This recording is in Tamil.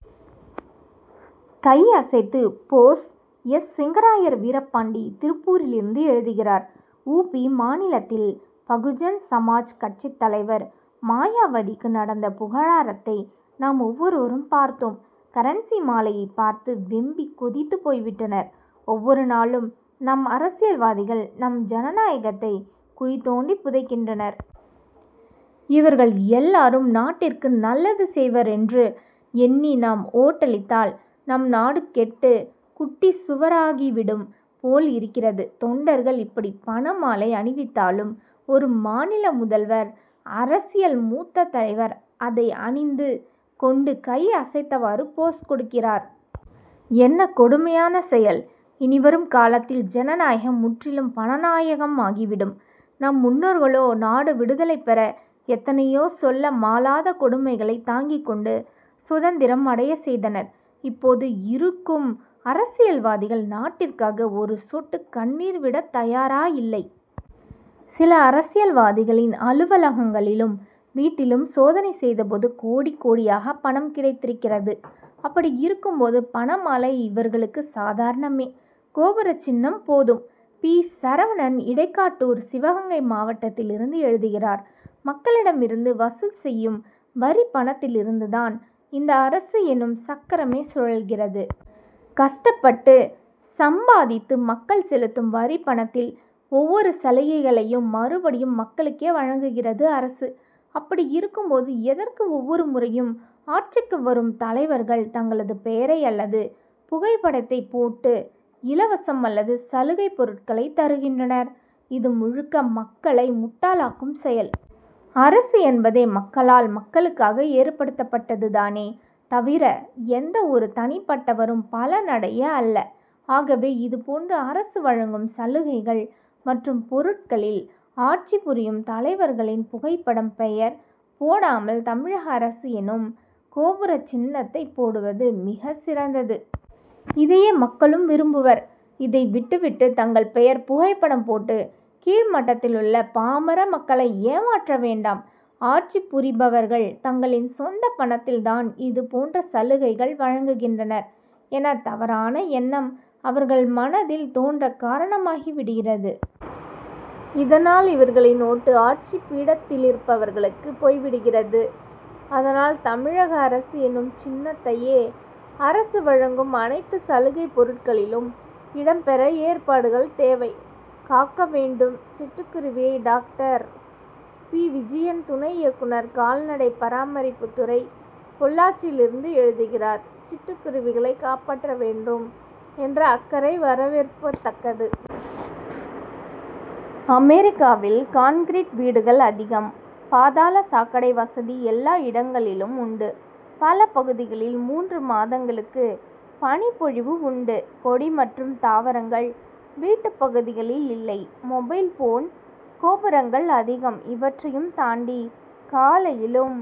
கை அசைத்து போஸ் எஸ். சிங்கராயர் வீரபாண்டி திருப்பூரிலிருந்து எழுதுகிறார் உ. பி. மாநிலத்தில் பகுஜன் சமாஜ் கட்சித் தலைவர் மாயாவதிக்கு நடந்த புகழாரத்தை நாம் ஒவ்வொருவரும் பார்த்தோம். கரன்சி மாலையைப் பார்த்து வெம்பி கொதித்து போய்விட்டனர். ஒவ்வொரு நாளும் நம் அரசியல்வாதிகள் நம் ஜனநாயகத்தை குழி தோண்டி புதைக்கின்றனர். இவர்கள் எல்லாரும் நாட்டிற்கு நல்லது செய்வர் என்று எண்ணி நாம் ஓட்டளித்தால் நம் நாடு கெட்டு குட்டிச் சுவராகிவிடும் போல் இருக்கிறது. தொண்டர்கள் இப்படி பணமாலை அணிவித்தாலும் ஒரு மாநில முதல்வர் அரசியல் மூத்த தலைவர் அதை அணிந்து கொண்டு கை அசைத்தவாறு போஸ் கொடுக்கிறார். என்ன கொடுமையான செயல்? இனிவரும் காலத்தில் ஜனநாயகம் முற்றிலும் பணநாயகம் ஆகிவிடும். நம் முன்னோர்களோ நாடு விடுதலை பெற எத்தனையோ சொல்ல மாளாத கொடுமைகளை தாங்கிக் கொண்டு சுதந்திரம் அடைய செய்தனர். இப்போது இருக்கும் அரசியல்வாதிகள் நாட்டிற்காக ஒரு சொட்டு கண்ணீர் விடத் தயாராய் இல்லை. சில அரசியல்வாதிகளின் அலுவலகங்களிலும் வீட்டிலும் சோதனை செய்தபோது கோடி கோடியாக பணம் கிடைத்திருக்கிறது. அப்படி இருக்கும் போது பணமாலை இவர்களுக்கு சாதாரணமே. கோபுர சின்னம் போதும்! பி. சரவணன் இடைக்காட்டூர் சிவகங்கை மாவட்டத்திலிருந்து எழுதுகிறார்: மக்களிடம் இருந்து வசூல் செய்யும் வரிப்பணத்திலிருந்து தான் இந்த அரசு எனும் சக்கரமே சுழல்கிறது. கஷ்டப்பட்டு சம்பாதித்து மக்கள் செலுத்தும் வரிப்பணத்தில் ஒவ்வொரு சலுகைகளையும் மறுபடியும் மக்களுக்கே வழங்குகிறது அரசு. அப்படி இருக்கும் போது எதற்கு ஒவ்வொரு முறையும் ஆட்சிக்கு வரும் தலைவர்கள் தங்களது பெயரை அல்லது புகைப்படத்தைப் போட்டு இலவசம் அல்லது சலுகைப் பொருட்களை தருகின்றனர்? இது முழுக்க மக்களை முட்டாளாக்கும் செயல். அரசு என்பதே மக்களால் மக்களுக்காக ஏற்படுத்தப்பட்டது தானே தவிர எந்த ஒரு தனிப்பட்டவரும் பலனடைய அல்ல. ஆகவே இதுபோன்று அரசு வழங்கும் சலுகைகள் மற்றும் பொருட்களில் ஆட்சி புரியும் தலைவர்களின் புகைப்படம் பெயர் போடாமல் தமிழக அரசு எனும் கோபுர சின்னத்தை போடுவது மிகச் சிறந்தது. இதையே மக்களும் விரும்புவர். இதை விட்டு விட்டு தங்கள் பெயர் புகைப்படம் போட்டு கீழ்மட்டத்திலுள்ள பாமர மக்களை ஏமாற்ற வேண்டாம். ஆட்சி புரிபவர்கள் தங்களின் சொந்த பணத்தில் தான் இது போன்ற சலுகைகள் வழங்குகின்றனர் என தவறான எண்ணம் அவர்கள் மனதில் தோன்ற காரணமாகி விடுகிறது. இதனால் இவர்களின் ஓட்டு ஆட்சி பீடத்திலிருப்பவர்களுக்கு போய்விடுகிறது. அதனால் தமிழக அரசு எனும் சின்னத்தையே அரசு வழங்கும் அனைத்து சலுகை பொருட்களிலும் இடம் பெற ஏற்பாடுகள் தேவை. காக்க வேண்டும் சிட்டு குருவியை டாக்டர் பி. விஜயன் துணை இயக்குனர் கால்நடை பராமரிப்புத் துறை பொள்ளாச்சியிலிருந்து எழுதுகிறார் சிட்டுக் குருவிகளை காப்பாற்ற வேண்டும் என்ற அக்கறை வரவேற்கத்தக்கது. அமெரிக்காவில் கான்கிரீட் வீடுகள் அதிகம். பாதாள சாக் கடை வசதி எல்லா இடங்களிலும் உண்டு. பல பகுதிகளில் மூன்று மாதங்களுக்கு பனிப் பொழிவு உண்டு. கொடி மற்றும் தாவரங்கள் வீட்டுப் பகுதிகளில் இல்லை; மொபைல் போன் கோபுரங்கள் அதிகம். இவற்றையும் தாண்டி காலையிலும்